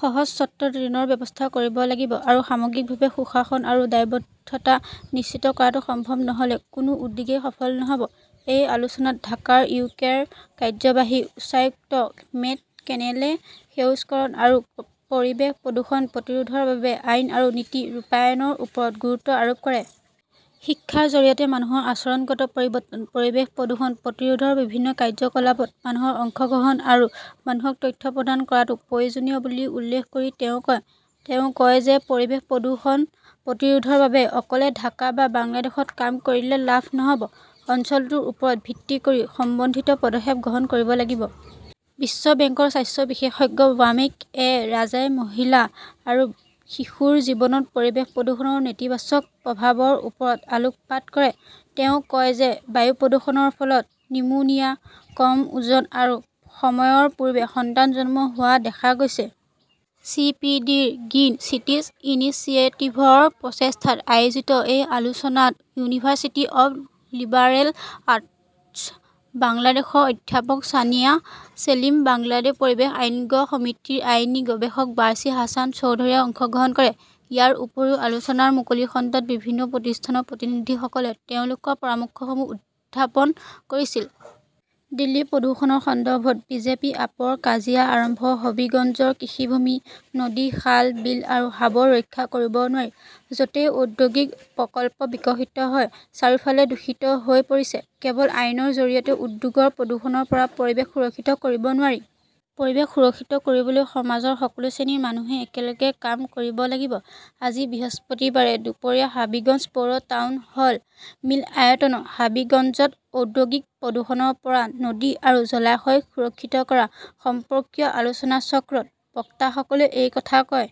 সহজ চৰ্তত ঋণৰ ব্যৱস্থা কৰিব লাগিব। আৰু সামগ্ৰিকভাৱে সুশাসন আৰু দায়বদ্ধতা নিশ্চিত কৰাটো সম্ভৱ নহ "লে কোনো উদ্যোগই সফল নহ" ব। এই আলোচনাত ঢাকাৰ ইউকেৰ কাৰ্যবাহী উচ্চায়ুক্ত মেট কেনেলে সেউজকৰণ আৰু পৰিৱেশ প্ৰদূষণ প্ৰতিৰোধৰ বাবে আইন আৰু নীতি ৰূপায়ণৰ ওপৰত গুৰুত্ব আৰোপ কৰে। শিক্ষাৰ জৰিয়তে মানুহৰ আচৰণগত পৰিৱৰ্তন, পৰিৱেশ প্ৰদূষণ প্ৰতিৰোধৰ বিভিন্ন কাৰ্যকলাপত মানুহৰ অংশগ্ৰহণ আৰু মানুহক তথ্য প্ৰদান কৰাটো প্ৰয়োজনীয় বুলি উল্লেখ কৰি তেওঁ কয়। তেওঁ কয় যে পৰিৱেশ প্ৰদূষণ প্ৰতিৰোধৰ বাবে অকলে ঢাকা বা বাংলাদেশত কাম কৰিলে লাভ নহ "ব, অঞ্চলটোৰ ওপৰত ভিত্তি কৰি সমন্বিত পদক্ষেপ গ্ৰহণ কৰিব লাগিব। বিশ্ব বেংকৰ স্বাস্থ্য বিশেষজ্ঞ ৱামেক এ. ৰাজাই মহিলা আৰু শিশুৰ জীৱনত পৰিৱেশ প্ৰদূষণৰ নেতিবাচক প্ৰভাৱৰ ওপৰত আলোকপাত কৰে। তেওঁ কয় যে বায়ু প্ৰদূষণৰ ফলত নিউমোনিয়া, কম ওজন আৰু সময়ৰ পূৰ্বে সন্তান জন্ম হোৱা দেখা গৈছে। চি. পি. ডি. -ৰ গ্ৰীণ চিটিজ ইনিচিয়েটিভৰ প্ৰচেষ্টাত আয়োজিত এই আলোচনাত ইউনিভাৰ্চিটি অৱ লিবাৰেল আৰ্টছ বাংলাদেশৰ অধ্যাপক ছামিয়া চেলিম, বাংলাদেশ পৰিৱেশ আইনজ্ঞ সমিতিৰ আইনী গৱেষক বাৰ্চী হাছান চৌধুৰীয়ে অংশগ্ৰহণ কৰে। ইয়াৰ উপৰিও, আলোচনাৰ মুকলি খণ্ডত বিভিন্ন প্ৰতিষ্ঠানৰ প্ৰতিনিধিসকলে তেওঁলোকৰ পৰামৰ্শসমূহ উত্থাপন কৰিছিল। দিল্লীৰ প্ৰদূষণৰ সন্দৰ্ভত বিজেপি-আপৰ কাজিয়া আৰম্ভ হবীগঞ্জৰ কৃষিভূমি, নদী, খাল, বিল আৰু হাৱৰ ৰক্ষা কৰিব নোৱাৰি, য 'তেই ঔদ্যোগিক প্ৰকল্প বিকশিত হয়। চাৰিওফাল দূষিত হৈ পৰিছে। কেৱল আইনৰ জৰিয়তে উদ্যোগৰ প্ৰদূষণৰ পৰা পৰিৱেশ সুৰক্ষিত কৰিব নোৱাৰি। পৰিৱেশ সুৰক্ষিত কৰিবলৈ সমাজৰ সকলো শ্ৰেণীৰ মানুহে একেলগে কাম কৰিব লাগিব। আজি বৃহস্পতিবাৰে দুপৰীয়া হাবিগঞ্জ পৌৰ টাউন হল মিলনায়তনত 'হাবিগঞ্জত ঔদ্যোগিক প্ৰদূষণৰ পৰা নদী আৰু জলাশয় সুৰক্ষিত কৰা "সম্পৰ্কীয় আলোচনাচক্ৰত বক্তাসকলে এই কথা কয়।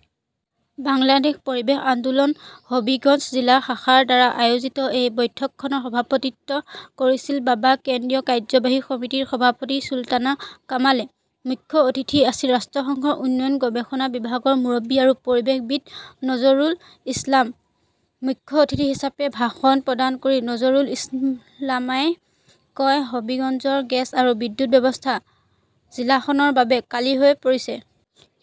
বাংলাদেশ পৰিৱেশ আন্দোলন হবিগঞ্জ জিলা শাখাৰ দ্বাৰা আয়োজিত এই বৈঠকখনৰ সভাপতিত্ব কৰিছিল বাবা কেন্দ্ৰীয় কাৰ্যবাহী সমিতিৰ সভাপতি চুলতানা কামালে। মুখ্য অতিথি আছিল ৰাষ্ট্ৰসংঘৰ উন্নয়ন গৱেষণা বিভাগৰ মুৰব্বী আৰু পৰিৱেশবিদ নজৰুল ইছলাম। মুখ্য অতিথি হিচাপে ভাষণ প্ৰদান কৰি নজৰুল ইছলামই কয়, "হবিগঞ্জৰ গেছ আৰু বিদ্যুৎ ব্যৱস্থা জিলাখনৰ বাবে কালি হৈ পৰিছে।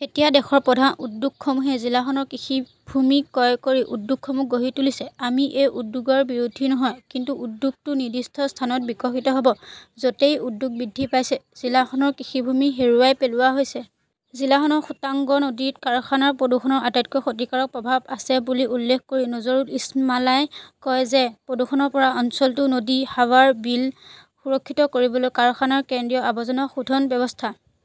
এতিয়া দেশৰ প্ৰধান উদ্যোগসমূহে জিলাখনৰ কৃষিভূমি ক্ৰয় কৰি উদ্যোগসমূহ গঢ়ি তুলিছে। আমি এই উদ্যোগৰ বিৰোধী নহয়, কিন্তু উদ্যোগটো নিৰ্দিষ্ট স্থানত বিকশিত হ 'ব। য 'তেই উদ্যোগ বৃদ্ধি পাইছে, জিলাখনৰ কৃষিভূমি হেৰুৱাই পেলোৱা হৈছে। "জিলাখনৰ সুতাং নদীত কাৰখানাৰ প্ৰদূষণৰ আটাইতকৈ ক্ষতিকাৰক প্ৰভাৱ আছে বুলি উল্লেখ কৰি নজৰুল ইছলামই কয় যে প্ৰদূষণৰ পৰা অঞ্চলটোৰ নদী, হাৱাৰ, বিল সুৰক্ষিত কৰিবলৈ কাৰখানাৰ কেন্দ্ৰীয় আৱৰ্জনা শোধন ব্যৱস্থা